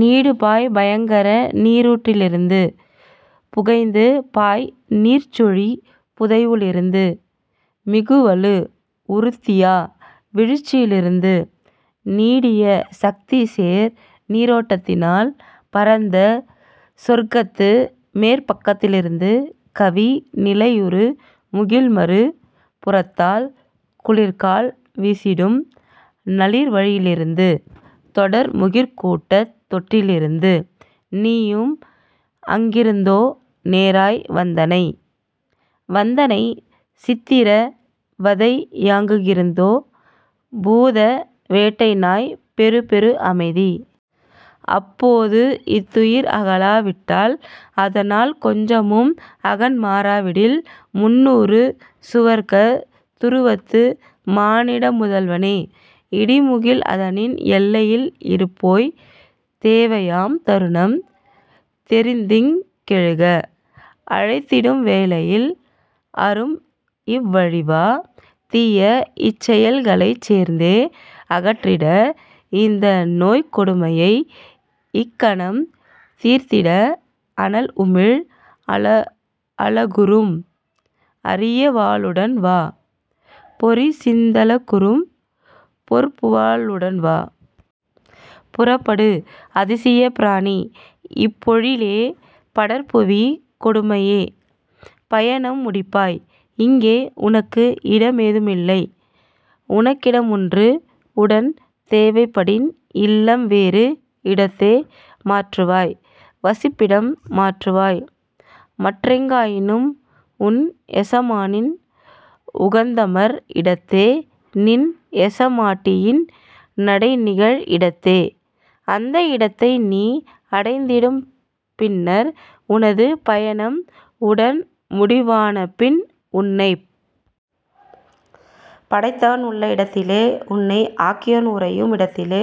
நீடுபாய்ப் பயங்கர நீரூற்றிருந்து புகைந்துபாய் நீர்ச்சுழிப் புதைவுகளிருந்து மிகுவலு உறுத்தியா வீழ்ச்சியிலிருந்து நீடிய சக்திசேர் நீரோட்டத்தினால் பரந்தசொர்க்கத்து மேற்பக்கத்திலிருந்து கவி நிலையுறு முகில்மறு புறத்தால் குளிர்கால் வீசிடும் நளிர்வழியிலிருந்து தொடர்முகிற் கூட்டத் தொட்டிலிலிருந்து. நீயும் அங்கிருந்தோ நேராய் வந்தனை? வந்தனை சித்திர வதையாங்கிருந்தோ? பூத வேட்டைநாய் பெறுபெறு அமைதி! அப்போது இத்துயர் அகலா விட்டால் அதனால் கொஞ்சமும் அகன்மாறாவிடில் முந்நூறு சுவர்க்கத் துருவத்து மானிட முதல்வனே! இடிமுகில் அதனின் எல்லையில் இருப்போய்! தேவையாம் தருணம் தெரிந்திங் கெழுக! அழைத்திடும் வேளையில் அரும்இவ் வழிவா! தீயஇச் செயல்களைச் சேர்த்தே அகற்றிட இந்தநோய்க் கொடுமையை இக்கணம் தீர்த்திட அனல்உமிழ்அல அலகுறும் அரியவாளுடன்வா பொறிசிந்தலகுறும் பொற்புவாளுடன்வா. புறப்படு அதிசயப்பிராணி இப்பொழிலே படர்புவிக் கொடுமையே பயணம் முடிப்பாய் இங்கே உனக்கு இடமெதுமில்லை உனக்கிடமொன்று உடன்தேவைப்படின் இல்லம் வேறு இடத்தே மாற்றுவாய் வசிப்பிடம் மாற்றுவாய் மற்றெங்காயினும் உன்எசமானன் உகந்தமர் இடத்தே நின்எசமாட்டியின் நடைநிகழ் இடத்தே. அந்த இடத்தைநீ அடைந்திடும் பின்னர் உனது பயணம் உடன்முடிவானபின் உன்னைப் படைத்தவன் உள்ள இடத்திலே உன்னை ஆக்கியோன் உறையும் இடத்திலே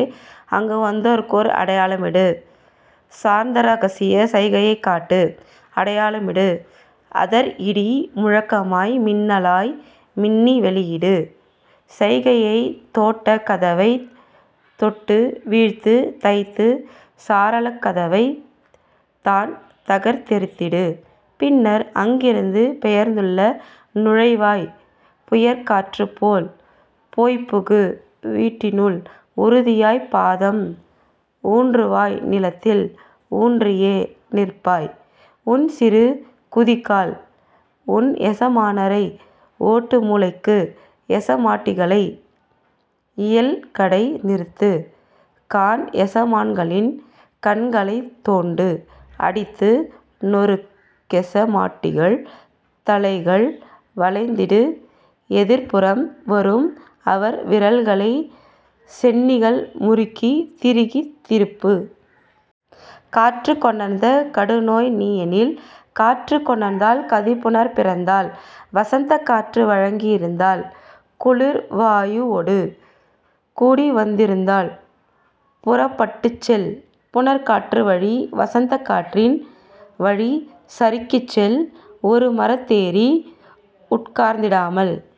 அங்குவந்ததற்கோர் அடையாளமிடு சார்ந்தரகசியச் சைகையைக் காட்டு அடையாளமிடு அதிர்இடி முழக்கமாய் மின்னலாய் மின்னி வெளியிடு சைகையை தோட்டக் கதவைத் தொட்டுவீழ்த்துதைத்து சாளரக் கதவைத் தான்தகர்த் தெறிந்திடு பின்னர்அங்கிருந்து பெயர்ந்துள் நுழைவாய் புயற்காற்றுப்போல் போய்ப்புகு வீட்டினுள் உறுதியாய்ப் பாதம் ஊன்றுவாய் நிலத்தில் ஊன்றியே நிற்பாய் உன்சிறு குதிக்கால் உன்எசமானரை ஓட்டுமூலைக்கு எசமாட்டிகளை இயல்கடை நிறுத்து காண்எசமான்களின் கண்களைத் தோண்டு அடித்து நொருக்கெச மாட்டிகள் தலைகள் வளைத்திடு எதிர்ப்புறம் வரும்அவர் விரல்களை சென்னிகள் முறுக்கித் திருகித் திருப்பு. காற்றுக் கொணர்ந்த கடுநோய் நீயெனில் காற்று கொணர்ந்தால் கதிபுனற் பிறந்தால் வசந்தக் காற்று வழங்கி இருந்தால் குளிர்வாயுவொடு கூடிவந்துருந்தால் புறப்பட்டுச்செல் புணர்காற்றுவழி வசந்தக் காற்றின் வழிசறுக்கிச்செல் ஒருமரத் தேறி உட்கார்ந்திடாமல்